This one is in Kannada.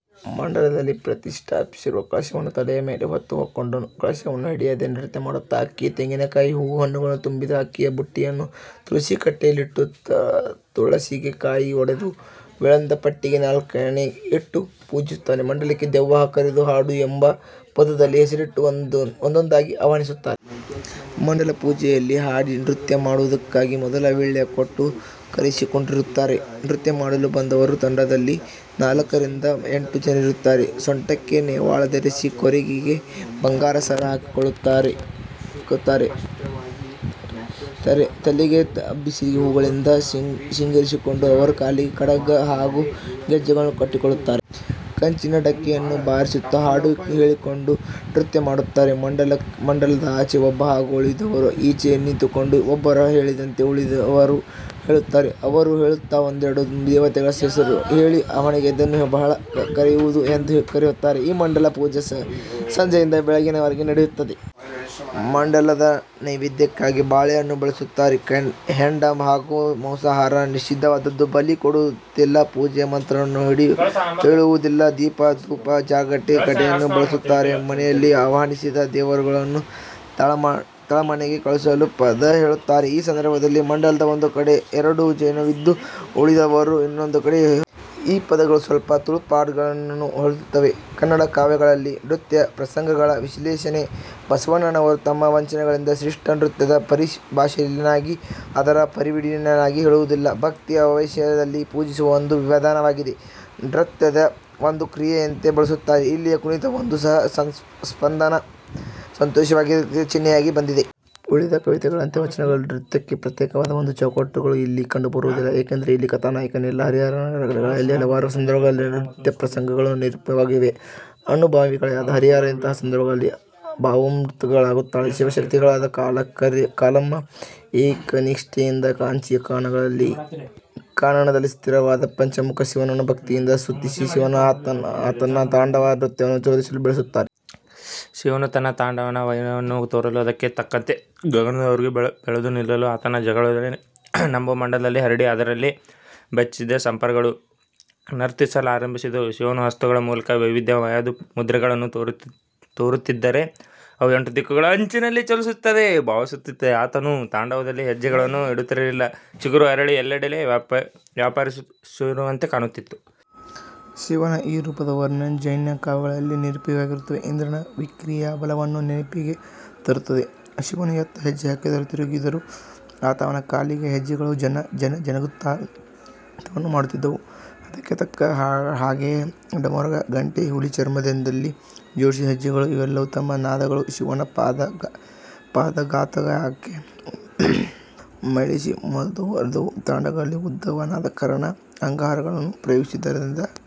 ಮಂಡಲದಲ್ಲಿ ಪ್ರತಿಷ್ಠಾಪಿಸಿರುವ ಕಳಶವನ್ನು ತಲೆಯ ಮೇಲೆ ಹೊತ್ತ ಗೊಂಡನು ಕಳಶವನ್ನು ಹಿಡಿಯದೇ ನೃತ್ಯ ಮಾಡುತ್ತಾನೆ. ಅಕ್ಕಿ, ತೆಂಗಿನಕಾಯಿ, ಹೂ, ಹಣ್ಣುಗಳನ್ನು ತುಂಬಿದ 'ಅಡಿಯಕ್ಕಿ' ಬುಟ್ಟಿಯನ್ನು ತುಳಸಿ ಕಟ್ಟೆಯಲ್ಲಿಟ್ಟು, ತುಳಸಿಗೆ ಕಾಯಿ ಒಡೆದು, ವೀಳ್ಯದ ಪಟ್ಟಿಗೆ ನಾಲ್ಕಾಣೆ ಇಟ್ಟು ಪೂಜಿಸುತ್ತಾರೆ. ಮಂಡಲಕ್ಕೆ 'ದೆವ್ವ ಕರೆದ ಹಾಡು' ಎಂಬ ಪದದಲ್ಲಿ ಹೆಸರಿಟ್ಟು ಒಂದೊಂದಾಗಿ ಆಹ್ವಾನಿಸುತ್ತಾರೆ. ಮಂಡಲ ಪೂಜೆಯಲ್ಲಿ ಹಾಡಿ, ನೃತ್ಯ ಮಾಡುವುದಕ್ಕಾಗಿ ಮೊದಲೆ ವೀಳ್ಯ ಕೊಟ್ಟು ಕರೆಯಿಸಿಕೊಂಡಿರುತ್ತಾರೆ. ನೃತ್ಯ ಮಾಡಲು ಬಂದವರು ತಂಡದಲ್ಲಿ ನಾಲ್ಕರಿಂದ ಎಂಟು ಜನರಿರುತ್ತಾರೆ. ಸೊಂಟಕ್ಕೆ ನೇವಾಳ ಧರಿಸಿ, ಕೊರಳಿಗೆ ಬಂಗಾರದ ಸರ ಹಾಕಿಕೊಂಡಿರುತ್ತಾರೆ. ತಲೆಗೆ ಅಬ್ಬಲಿಗೆ ಹೂವುಗಳಿಂದ ಸಿಂಗರಿಸಿಕೊಂಡ ಅವರು ಕಾಲಿಗೆ ಕಡಗ ಹಾಗೂ ಗೆಜ್ಜೆಗಳನ್ನು ಕಟ್ಟಿಕೊಂಡಿರುತ್ತಾರೆ. ಕಂಚಿನ ಡಕ್ಕೆಯನ್ನು ಬಾರಿಸುತ್ತ ಹಾಡು ಹೇಳಿಕೊಂಡು ನೃತ್ಯ ಮಾಡುತ್ತಾರೆ. ಮಂಡಲದ ಆಚೆ ಒಬ್ಬ ಹಾಗೂ ಉಳಿದವರು ಈಚೆ ನಿಂತುಕೊಂಡು, ಒಬ್ಬನು ಹೇಳಿದಂತೆ ಉಳಿದವರು ಹೇಳುತ್ತಾರೆ. ಅವರು ಹಾಡುತ್ತಾ ಒಂದೊಂದೇ ದೇವತೆಗಳ ಹೆಸರು ಹೇಳಿ ಆಹ್ವಾನಿಸುತ್ತಾರೆ. ಇದನ್ನು ಹಳಬು ಕರೆಯುವುದು ಎಂದು ಕರೆಯುತ್ತಾರೆ. ಈ ಮಂಡಲ ಪೂಜೆ ಸಂಜೆಯಿಂದ ಬೆಳಗಿನವರೆಗೆ ನಡೆಯುತ್ತದೆ. ಮಂಡಲದ ನೈವೇದ್ಯಕ್ಕಾಗಿ ಬಾಳೆಹಣ್ಣು ಬಳಸುತ್ತಾರೆ. ಹೆಂಡ ಹಾಗೂ ಮಾಂಸಾಹಾರ ನಿಷಿದ್ಧವಾಗಿದ್ದು, ಬಲಿ ಕೊಡುವಂತಿಲ್ಲ. ಪೂಜೆಯಲ್ಲಿ ಮಂತ್ರವನ್ನು ಹೇಳುವುದಿಲ್ಲ. ದೀಪ, ಧೂಪ, ಜಾಗಟೆ, ಗಂಟೆಗಳನ್ನು ಬಳಸುತ್ತಾರೆ. ಕೊನೆಯಲ್ಲಿ ಆಹ್ವಾನಿಸಿದ ದೇವರುಗಳನ್ನು ತಳಮನೆಗೆ ಕಳಿಸಲು ಪದ ಹೇಳುತ್ತಾರೆ. ಈ ಸಂದರ್ಭದಲ್ಲಿ ಮಂಡಲದ ಒಂದು ಕಡೆ ಎರಡು ಜನವಿದ್ದು, ಉಳಿದವರು ಇನ್ನೊಂದು ಕಡೆ ಇರುತ್ತಾರೆ. ಈ ಪದಗಳು ಸ್ವಲ್ಪ ತುಳುಪಾಡ್ದನಗಳನ್ನು ಹೋಲುತ್ತವೆ. ಕನ್ನಡ ಕಾವ್ಯಗಳಲ್ಲಿನ ನೃತ್ಯ ಪ್ರಸಂಗಗಳ ವಿಶ್ಲೇಷಣೆ ಬಸವಣ್ಣನವರು ತಮ್ಮ ವಚನಗಳಲ್ಲಿ ಶಿಷ್ಟ ನೃತ್ಯದ ಪರಿಭಾಷೆಯನ್ನಾಗಲಿ, ಅದರ ಪರಿವಿಡಿಯನ್ನಾಗಲಿ, ಹೇಳುವುದಿಲ್ಲ. ಭಕ್ತಿಯ ಆವೇಶದಲ್ಲಿ ಪೂಜಿಸುವ ಒಂದು ವಿಧಾನವಾಗಿ ನರ್ತನವೂ ಒಂದು ಕ್ರಿಯೆಯಂತೆ ಬಳಸುತ್ತಾರೆ: ಇಲ್ಲಿಯ ಕುಣಿತ ಒಂದು ಸಹಜ ಸ್ಪಂದನ, ಸಂತೋಷಾತಿರೇಕದ ಚಿಹ್ನೆಯಾಗಿ ಬಂದಿದೆ. ಉಳಿದ ಕವಿಗಳಂತೆ ವಚನಗಳಲ್ಲಿ ನೃತ್ಯಕ್ಕೆ ಪ್ರತ್ಯೇಕವಾದ ಒಂದು ಚೌಕಟ್ಟು ಇಲ್ಲಿ ಕಂಡುಬರುವುದಿಲ್ಲ. ಏಕೆಂದರೆ ಇಲ್ಲಿ ಕಥಾನಾಯಕನಿಲ್ಲ. ಹರಿಹರನ ರಗಳೆಗಳಲ್ಲಿ ಹಲವಾರು ಸಂದರ್ಭಗಳಲ್ಲಿ ನೃತ್ಯಪ್ರಸಂಗಗಳು ನಿರೂಪಿತವಾಗಿವೆ. ಅನುಭಾವಿಕವಿಯಾದ ಹರಿಹರ ಇಂತಹ ಸಂದರ್ಭಗಳಲ್ಲಿ ಭಾವೋನ್ಮೋದಗೊಳ್ಳುತ್ತಾನೆ. ಶಿವಭಕ್ತಳಾದ ಕಾರಿಕಾಲಮ್ಮ ಏಕನಿಷ್ಠೆಯಿಂದ ಕಾಂಚಿಯ ಕಾನನದಲ್ಲಿ ಸ್ಥಿತವಾದ ಪಂಚಮುಖ ಶಿವನನ್ನು ಭಕ್ತಿಯಿಂದ ಸುತ್ತಿಸಿ ಶಿವನಲ್ಲಿ ಆತನ ತಾಂಡವ ನೃತ್ಯವನ್ನು ತೋರಿಸಲು ಬೇಡುತ್ತಾಳೆ. ಶಿವನು ತನ್ನ ತಾಂಡವದ ವೈಣವವನ್ನು ತೋರಲು ಅದಕ್ಕೆ ತಕ್ಕಂತೆ ಗಗನದವರೆಗೂ ಬೆಳೆದು ನಿಲ್ಲಲು ಆತನ ಜಡೆಗಳೂ ನಭೋಮಂಡಲದಲ್ಲಿ ಹರಡಿ ಅದರಲ್ಲಿ ಬೆಚ್ಚಗಿದ್ದ ಸರ್ಪಗಳೂ ನರ್ತಿಸಲಾರಂಭಿಸಿದವು. ಶಿವನು ಹಸ್ತಗಳ ಮೂಲಕ ವೈವಿಧ್ಯ ಮಯವಾದ ಮುದ್ರೆಗಳನ್ನು ತೋರುತ್ತಿದ್ದರೆ ಅವು ಎಂಟು ಧಿಕ್ಕುಗಳ ಅಂಚಿನಲ್ಲಿ ಚಲಿಸುವಂತೆ ಭಾಸವಾಗುತ್ತಿತ್ತು. ಆತನು ತಾಂಡವದಲ್ಲಿ ಹೆಜ್ಜೆಗಳನ್ನು ಇಡುತ್ತಿರಲು ಚಿಗುರು ಅರಳಿ ಎಲ್ಲೆಡೆಗೆ ವ್ಯಾಪಿಸಿರುವಂತೆ ಕಾಣುತ್ತಿತ್ತು. ಶಿವನ ಈ ರೂಪದ ವರ್ಣನೆ ಜೈನ ಕಾವ್ಯಗಳಲ್ಲಿ ನಿರೂಪಿತವಾಗಿರುವ ಇಂದ್ರನ ವಿಕ್ರಿಯಾ ಬಲವನ್ನು ನೆನಪಿಗೆ ತರುತ್ತದೆ. ಶಿವನು ಎತ್ತ ಹೆಜ್ಜೆ ಹಾಕಿದರೂ, ತಿರುಗಿದರೂ ಅತ್ತ ಅವನ ಕಾಲಿನ ಗೆಜ್ಜೆಗಳೂ ಝಣ, ಝಣತ್ಕಾರವನ್ನು ಮಾಡುತ್ತಿದ್ದುವು. ಅದಕ್ಕೆ ತಕ್ಕ ಹಾಗೆಯೇ ಡಮರುಗ, ಘಂಟೆ, ಹುಲಿ ಚರ್ಮದಲ್ಲಿ ಜೋಡಿಸಿದ ಗೆಜ್ಜೆಗಳು ಇವೆಲ್ಲವೂ ತಮ್ಮ ನಾದವನ್ನು ಶಿವನ ಪಾದಘಾತಕ್ಕೆ ಮೇಳೈಸಿ ಮೊರೆದವು. ತಾಂಡವದಲ್ಲಿ ಉದ್ಧತವಾದ ಕರಣ, ಅಂಗಹಾರಗಳ ಪ್ರಯೋಗವಿರುವುದರಿಂದ